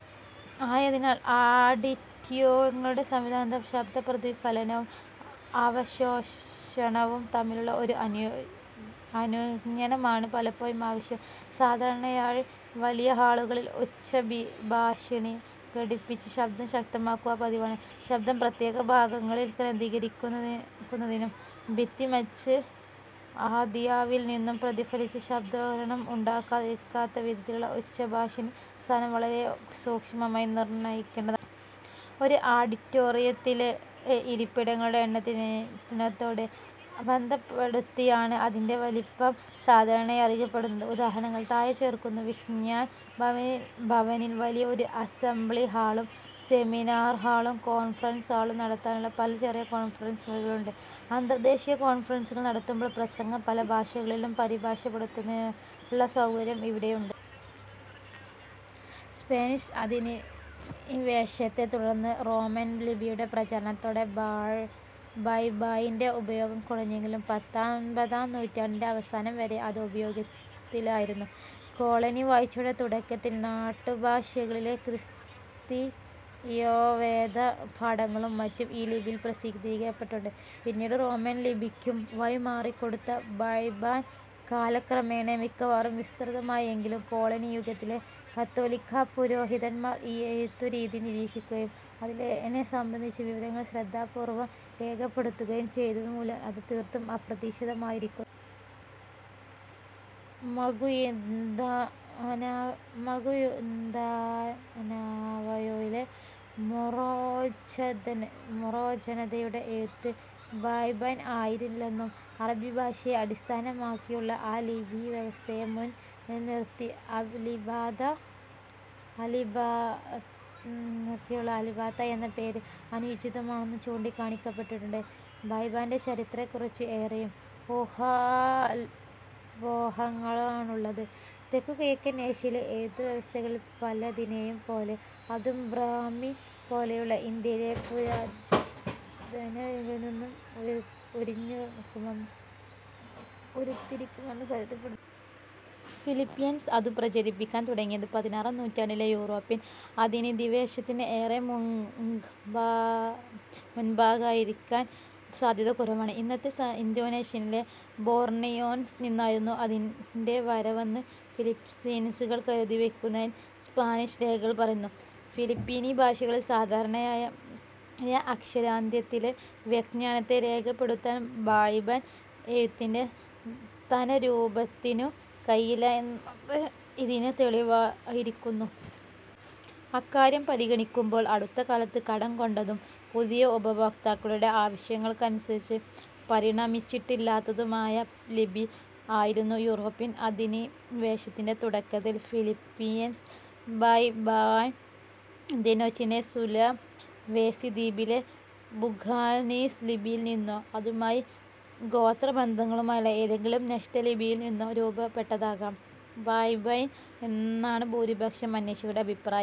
ആയതിനാൽ ആഡിറ്റോറിയങ്ങളുടെ സംവിധാനത്തിൽ ശബ്ദപ്രതിഫലനവും അവശോഷണവും തമ്മിലുള്ള ഒരു അനുരഞ്ജനമാണ് പലപ്പോഴും ആവശ്യം. സാധാരണമായി വലിയ ഹാളുകളിൽ ഉച്ചഭാഷിണി ഘടിപ്പിച്ച് ശബ്ദം ശക്തമാക്കുക പതിവാണ്. ശബ്ദം പ്രത്യേക ഭാഗങ്ങളിൽ കേന്ദ്രീകരിക്കാതിരിക്കുന്നതിനും, ഭിത്തി, മച്ച് ആദിയായവയിൽ നിന്നും പ്രതിഫലിച്ച് ശബ്ദകോലാഹലം ഉണ്ടാകാതിരിക്കത്തക്കവിധത്തിലും ഉച്ചഭാഷിണിയുടെ സ്ഥാനം വളരെ സൂക്ഷ്മമായി നിർണയിക്കേണ്ടതാണ്. ഒരു ആഡിറ്റോറിയത്തിലെ ഇരിപ്പിടങ്ങളുടെ എണ്ണത്തോട് ബന്ധപ്പെടുത്തിയാണ് അതിന്റെ വലിപ്പം സാധാരണയായി അറിയപ്പെടുന്നത്. ഉദാഹരണങ്ങൾ താഴെ ചേർക്കുന്നു: വിജ്ഞാൻഭവനിൽ വലിയ ഒരു അസംബ്ലിഹാളും സെമിനാറുകളും കോൺഫറൻസുകളും നടത്താനുള്ള പല ചെറിയ കോൺഫറൻസ് മുറികളും ഉണ്ട്. അന്തർദേശീയ കോൺഫറൻസുകൾ നടത്തുമ്പോൾ പ്രസംഗം പല ഭാഷകളിലേക്കു പരിഭാഷപ്പെടുത്തുന്നതിനുള്ള സൗകര്യവും ഇവിടെയുണ്ട്. സ്പാനിഷ് അധിനിവേശത്തെ തുടർന്ന് റോമൻലിപിയുടെ പ്രചാരത്തോടെ ബയ്ബായിന്റെ ഉപയോഗം കുറഞ്ഞെങ്കിലും പത്തൊൻപതാം നൂറ്റാണ്ടിന്റെ അവസാനം വരെ അത് ഉപയോഗത്തിലിരുന്നു. കോളനിവാഴ്ചയുടെ തുടക്കത്തിൽ നാട്ടുഭാഷകളിലെ ക്രിസ്തീയവേദപാഠങ്ങളും മറ്റും ഈ ലിപിയിൽ പ്രസിദ്ധീകരിക്കപ്പെട്ടിട്ടുണ്ട്. പിന്നീട് റോമൻലിപിയ്ക്കു വഴിമാറിക്കൊടുത്ത ബയ്ബായിൻ കാലക്രമേണ മിക്കവാറും വിസ്മൃതമായി. എങ്കിലും കോളനിയുഗത്തിലെ കത്തോലിക്കാപുരോഹിതന്മാർ ഈ എഴുത്തുരീതി നിരീക്ഷിക്കുകയും അതിനെ സംബന്ധിച്ച വിവരങ്ങൾ ശ്രദ്ധാപൂർവം രേഖപ്പെടുത്തിവക്കുകയും ചെയ്തതുമൂലം അത് തീർത്തും അപ്രത്യക്ഷമാകാതിരുന്നു. മഗുയിന്ദനാവോയിലെ മോറോജനതയുടെ എഴുത്ത് ബയ്ബായിൻ ആയിരുന്നില്ലെന്നും, അറബിഭാഷയെ ആടിസ്ഥാനമാക്കിയുള്ള ആ ലിപിവ്യവസ്ഥയെ മുൻനിർത്തിയുള്ള അലിബാത്ത എന്ന പേര് അനുചിതമാണെന്നും ചൂണ്ടിക്കാണിക്കപ്പെട്ടിട്ടുണ്ട്. ബയ്ബായിന്റെ ചരിത്രത്തെക്കുറിച്ച് ഏറെയും ഊഹാപോഹങ്ങളാണുള്ളത്. തെക്കുകിഴക്കൻ ഏഷ്യയിലെ എഴുത്തുവ്യവസ്ഥകളിൽ പലതിനേയും പോലെ അതും ബ്രാഹ്മി പോലെയുള്ള ഇന്ത്യയിലെ പുരാതനലിപികളിൽ ഒന്നിൽ നിന്ന് ഉരുത്തിരിഞ്ഞതാകാമെന്ന് കരുതപ്പെടുന്നു. ഫിലിപ്പീൻസിൽ അതു പ്രചരിക്കാൻ തുടങ്ങിയത് പതിനാറാം നൂറ്റാണ്ടിലെ യൂറോപ്യൻ അധിനിവേശത്തിന് ഏറെ മുൻപാകായിരിക്കാൻ സാദ്ധ്യത കുറവാണ്. ഇന്നത്തെ ഇന്തോനേഷ്യയിലെ ബോർണിയോയിൽ നിന്നായിരുന്നു അതിന്റെ വരവെന്ന് ഫിലിപ്പീൻസുകാർ കരുതിയിരുന്നതായി സ്പാനിഷ് രേഖകൾ പറയുന്നു. ഫിലിപ്പീനി ഭാഷകളിൽ സാധാരണമായ അക്ഷരാന്ത്യത്തിലെ വ്യഞ്ജനത്തെ രേഖപ്പെടുത്താൻ ബയ്ബായൻ എഴുത്തിന്റെ തനതുരൂപത്തിനു കഴിയില്ല എന്നത് ഇതിനു തെളിവായിരിക്കുന്നു. അക്കാര്യം പരിഗണിക്കുമ്പോൾ, അടുത്തകാലത്ത് കടം കൊണ്ടതും പുതിയ ഉപയോക്താക്കളുടെ ആവശ്യങ്ങൾക്കനുസരിച്ച് പരിണമിച്ചിട്ടില്ലാതിരുന്നതുമായ ലിപി ആയിരുന്നു യൂറോപ്യൻ അധിനിവേശത്തിന്റെ തുടക്കത്തിൽ ഫിലിപ്പീൻസിൽ ബയ്ബായിൻ. ഇന്തോനേഷ്യയിലെ സുലവേസി ദ്വീപിലെ ബുഗിനീസ് ലിപിയിൽ നിന്നോ, അതുമായി ഗോത്രബന്ധമുള്ള ഏതെങ്കിലും നഷ്ടലിപിയിൽ നിന്നോ രൂപപ്പെട്ടതാകാം ബയ്ബായിൻ എന്നാണ് ഭൂരിപക്ഷം അന്വേഷകരുടേയും അഭിപ്രായം.